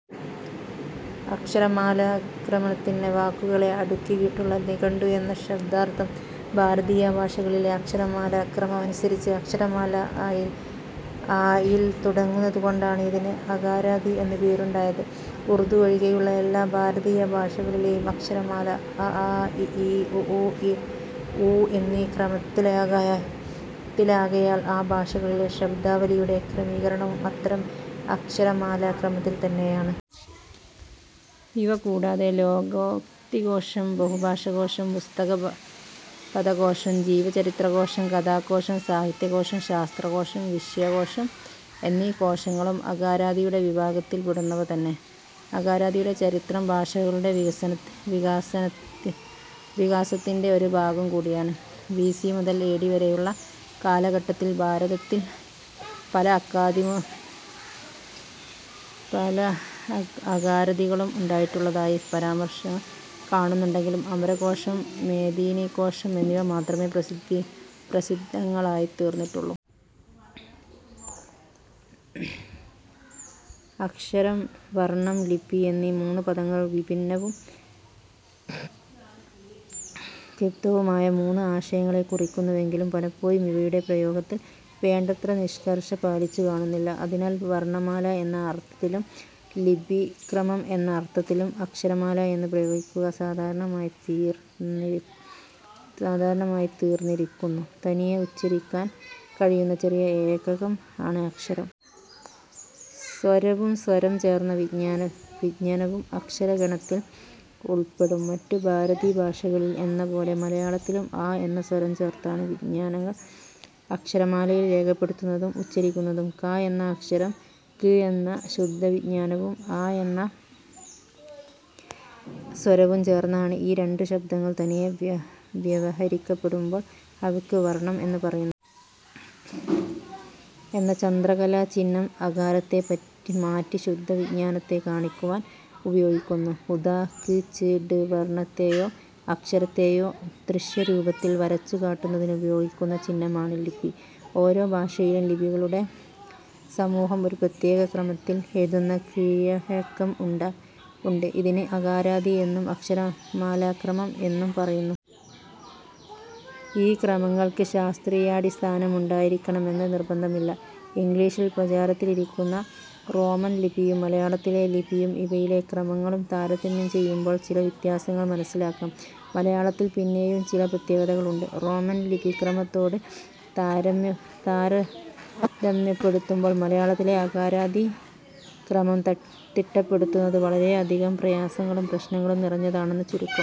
അക്ഷരമാലാക്രമത്തിന് വാക്കുകളെ അടുക്കിയിട്ടുള്ള നിഘണ്ടു എന്ന് ശബ്ദാർഥം. ഭാരതീയ ഭാഷകളിലെ അക്ഷരമാലാക്രമമനുസരിച്ച് അക്ഷരമാല 'അ'യിൽ തുടങ്ങുന്നതുകൊണ്ടാണ് ഇതിന് അകാരാദി എന്നു പേരുണ്ടായത്. ഉർദു ഒഴികെയുള്ള എല്ലാ ഭാരതീയ ഭാഷകളിലെയും അക്ഷരമാല അ, ആ, ഇ, ഈ, ഉ, ഊ എന്നീ ക്രമത്തിലാകയാൽ ആ ഭാഷകളിലെ ശബ്ദാവലിയുടെ ക്രമീകരണവും അത്തരം അക്ഷരമാലാക്രമത്തിൽ തന്നെയാണ്. ഇവ കൂടാതെ ലോകോക്തികോശം, ബഹുഭാഷാകോശം, പുസ്തകപദകോശം, ജീവചരിത്രകോശം, കഥാകോശം, സാഹിത്യകോശം, ശാസ്ത്രകോശം, വിശ്വകോശം എന്നീ കോശങ്ങളും 'അകാരാദി'യുടെ വിഭാഗത്തിൽ പെടുന്നവ തന്നെ. അകാരാദിയുടെ ചരിത്രം ഭാഷകളുടെ വികാസത്തിന്റെ ഒരു ഭാഗംകൂടിയാണ്. ബി. സി. മുതൽ എ. ഡി. വരെയുള്ള കാലഘട്ടത്തിൽ ഭാരതത്തിൽ പല അകാരാദികളും ഉണ്ടായിട്ടുള്ളതായി പരാമർശങ്ങൾ കാണുന്നുണ്ടെങ്കിലും അമരകോശം, മേദിനീകോശം എന്നിവ മാത്രമേ പ്രസിദ്ധങ്ങളായിത്തീർന്നിട്ടുള്ളു. അക്ഷരം, വർണം, ലിപി എന്നീ മൂന്നു പദങ്ങൾ വിഭിന്നവും ക്പ്തവുമായ മൂന്ന് ആശയങ്ങളെ കുറിക്കുന്നുവെങ്കിലും പലപ്പോഴും ഇവയുടെ പ്രയോഗത്തിൽ വേണ്ടത്ര നിഷ്കർഷ പാലിച്ചുകാണുന്നില്ല. അതിനാൽ 'വർണമാല' എന്ന അർത്ഥത്തിലും 'ലിപിക്രമം' എന്ന അർത്ഥത്തിലും 'അക്ഷരമാല' എന്ന് പ്രയോഗിക്കുക സാധാരണമായിത്തീർന്നിരിക്കുന്നു. തനിയെ ഉച്ചരിക്കാൻ കഴിയുന്ന ചെറിയ ഏകകം ആണ് അക്ഷരം. സ്വരവും സ്വരം ചേർന്ന വ്യഞ്ജനവും അക്ഷരഗണത്തിൽ ഉൾപ്പെടും. മറ്റു ഭാരതീയഭാഷകളിൽ എന്നപോലെ മലയാളത്തിലും 'അ' എന്ന സ്വരം ചേർത്താണ് വ്യഞ്ജനങ്ങൾ അക്ഷരമാലയിൽ രേഖപ്പെടുത്തുന്നതും ഉച്ചരിക്കുന്നതും. 'ക' എന്ന അക്ഷരം 'ക്' എന്ന ശുദ്ധവ്യഞ്ജനവും 'അ' എന്ന സ്വരവും ചേർന്നതാണ്. ഈ രണ്ടു ശബ്ദങ്ങൾ തനിയെ വ്യവഹരിക്കപ്പെടുമ്പോൾ അവയ്ക്കു വർണം എന്നു പറയുന്നു. '്' എന്ന ചന്ദ്രക്കലാചിഹ്നം അകാരത്തെ മാറ്റി ശുദ്ധവ്യഞ്ജനത്തെ കാണിക്കുവാൻ ഉപയോഗിക്കുന്നു. ഉദാ. ക്, ച്, ട്. വർണത്തെയോ അക്ഷരത്തെയോ ദൃശ്യരൂപത്തിൽ വരച്ചുകാട്ടുന്നതിനുപയോഗിക്കുന്ന ചിഹ്നമാണ് ലിപി. ഓരോ ഭാഷയിലും ലിപികളുടെ സമൂഹം ഒരു പ്രത്യേകക്രമത്തിൽ എഴുതുന്ന കീഴ്വഴക്കം ഉണ്ട്. ഇതിന് അകാരാദി എന്നും അക്ഷരമാലാക്രമം എന്നും പറയുന്നു. ഈ ക്രമങ്ങൾക്ക് ശാസ്ത്രീയാടിസ്ഥാനം ഉണ്ടായിരിക്കണമെന്ന് നിർബന്ധമില്ല. ഇംഗ്ളീഷിൽ പ്രചാരത്തിലിരിക്കുന്ന റോമൻ ലിപിയും മലയാളത്തിലെ ലിപിയും ഇവയിലെ ക്രമങ്ങളും താരതമ്യം ചെയ്യുമ്പോൾ ചില വ്യത്യാസങ്ങൾ മനസ്സിലാക്കാം. മലയാളത്തിൽ പിന്നെയും ചില പ്രത്യേകതകളുണ്ട്: റോമൻ ലിപിക്രമത്തോട് താരതമ്യപ്പെടുത്തുമ്പോൾ മലയാളത്തിലെ അകാരാദി ക്രമം തിട്ടപ്പെടുത്തുന്നത് വളരെയധികം പ്രയാസങ്ങളും പ്രശ്നങ്ങളും നിറഞ്ഞതാണെന്ന് ചുരുക്കം.